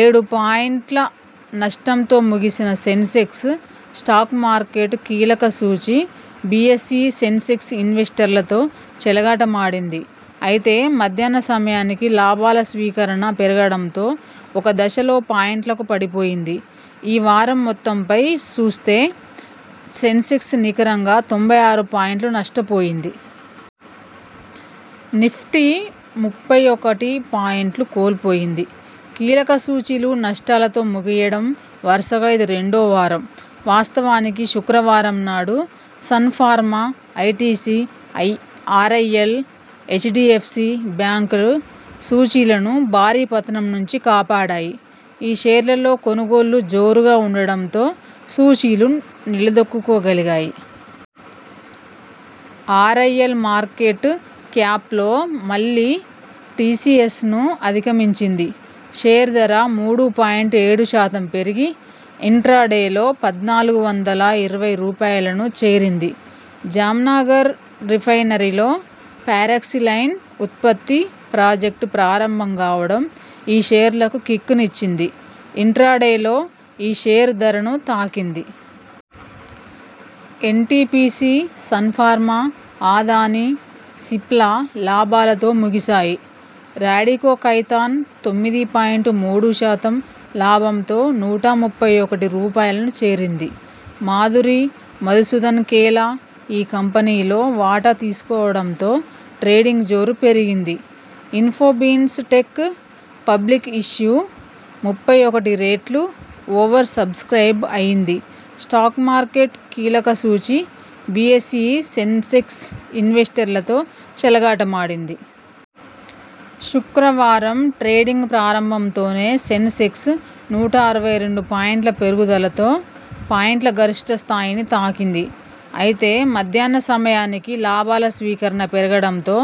ఏడు పాయింట్ల నష్టంతో ముగిసిన సెన్సెక్స్ స్టాక్ మార్కెట్ కీలక సూచీ బిఎస్ఇ సెన్సెక్స్ ఇన్వెస్టర్లతో చెలగాట మాడింది. అయితే మధ్యాహ్న సమయానికి లాభాల స్వీకరణ పెరగడంతో ఒక దశలో పాయింట్లకు పడిపోయింది. ఈ వారం మొత్తంపై చూస్తే సెన్సెక్స్ నికరంగా తొంభై ఆరు పాయింట్లు నష్టపోయింది. నిఫ్టీ ముప్పై ఒకటి పాయింట్లు కోల్పోయింది. కీలక సూచీలు నష్టాలతో ముగియడం వరుసగా ఇది రెండో వారం. వాస్తవానికి శుక్రవారం నాడు Sun Pharma, ITC, RIL, HDFC bank సూచీలను భారీ పతనం నుంచి కాపాడాయి. ఈ షేర్లలో కొనుగోళ్లు జోరుగా ఉండటంతో సూచీలు నిలదొక్కుకోగలిగాయి. ఆర్ఐఎల్ మార్కెట్ క్యాప్లో మళ్లీ టిసిఎస్ను అధిగమించింది. షేరు ధర మూడు పాయింట్ ఏడు శాతం పెరిగి ఇంట్రాడేలో పద్నాలుగు వందల ఇరవై రూపాయలను చేరింది. జామ్నగర్ రిఫైనరీలో పారాక్సిలైన్ ఉత్పత్తి ప్రాజెక్టు ప్రారంభంకావడం ఈ షేర్లకు కిక్కు నిచ్చింది. ఇంట్రాడేలో ఈ షేరు ధర ను తాకింది. ఎన్టిపిసి, సన్ఫార్మా, అదానీ, సిప్లా లాభాలతో ముగిశాయి. రాడికో ఖైతాన్ తొమ్మిది పాయింట్ మూడు శాతం లాభంతో నూట ముప్పై ఒకటి రూపాయలను చేరింది మాధురి ,మధుసూదన్ కేలా ఈ కంపెనీలో వాటా తీసుకోవడంతో ట్రేడింగ్ జోరు పెరిగింది. ఇన్ఫోబీన్స్ టెక్ పబ్లిక్ ఇష్యూ ముప్పై ఒకటి రెట్లు ఓవర్ సబ్స్క్రయిబ్ అయింది స్టాక్ మార్కెట్ కీలక సూచీ బిఎస్ఇ సెన్సెక్స్ ఇన్వెస్టర్లతో చెలగాట మాడింది. శుక్రవారం ట్రేడింగ్ ప్రారంభంతోనే సెన్సెక్స్ నూట అరవై రెండు పాయింట్ల పెరుగుదలతో పాయింట్ల గరిష్ఠ స్థాయిని తాకింది. అయితే మధ్యాహ్న సమయానికి లాభాల స్వీకరణ పెరగడంతో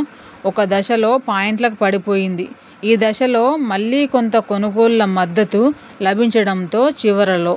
ఒక దశలో పాయింట్లకు పడిపోయింది. ఈ దశలో మళ్లీ కొంత కొనుగోళ్ల మద్దతు లభించడంతో చివరలో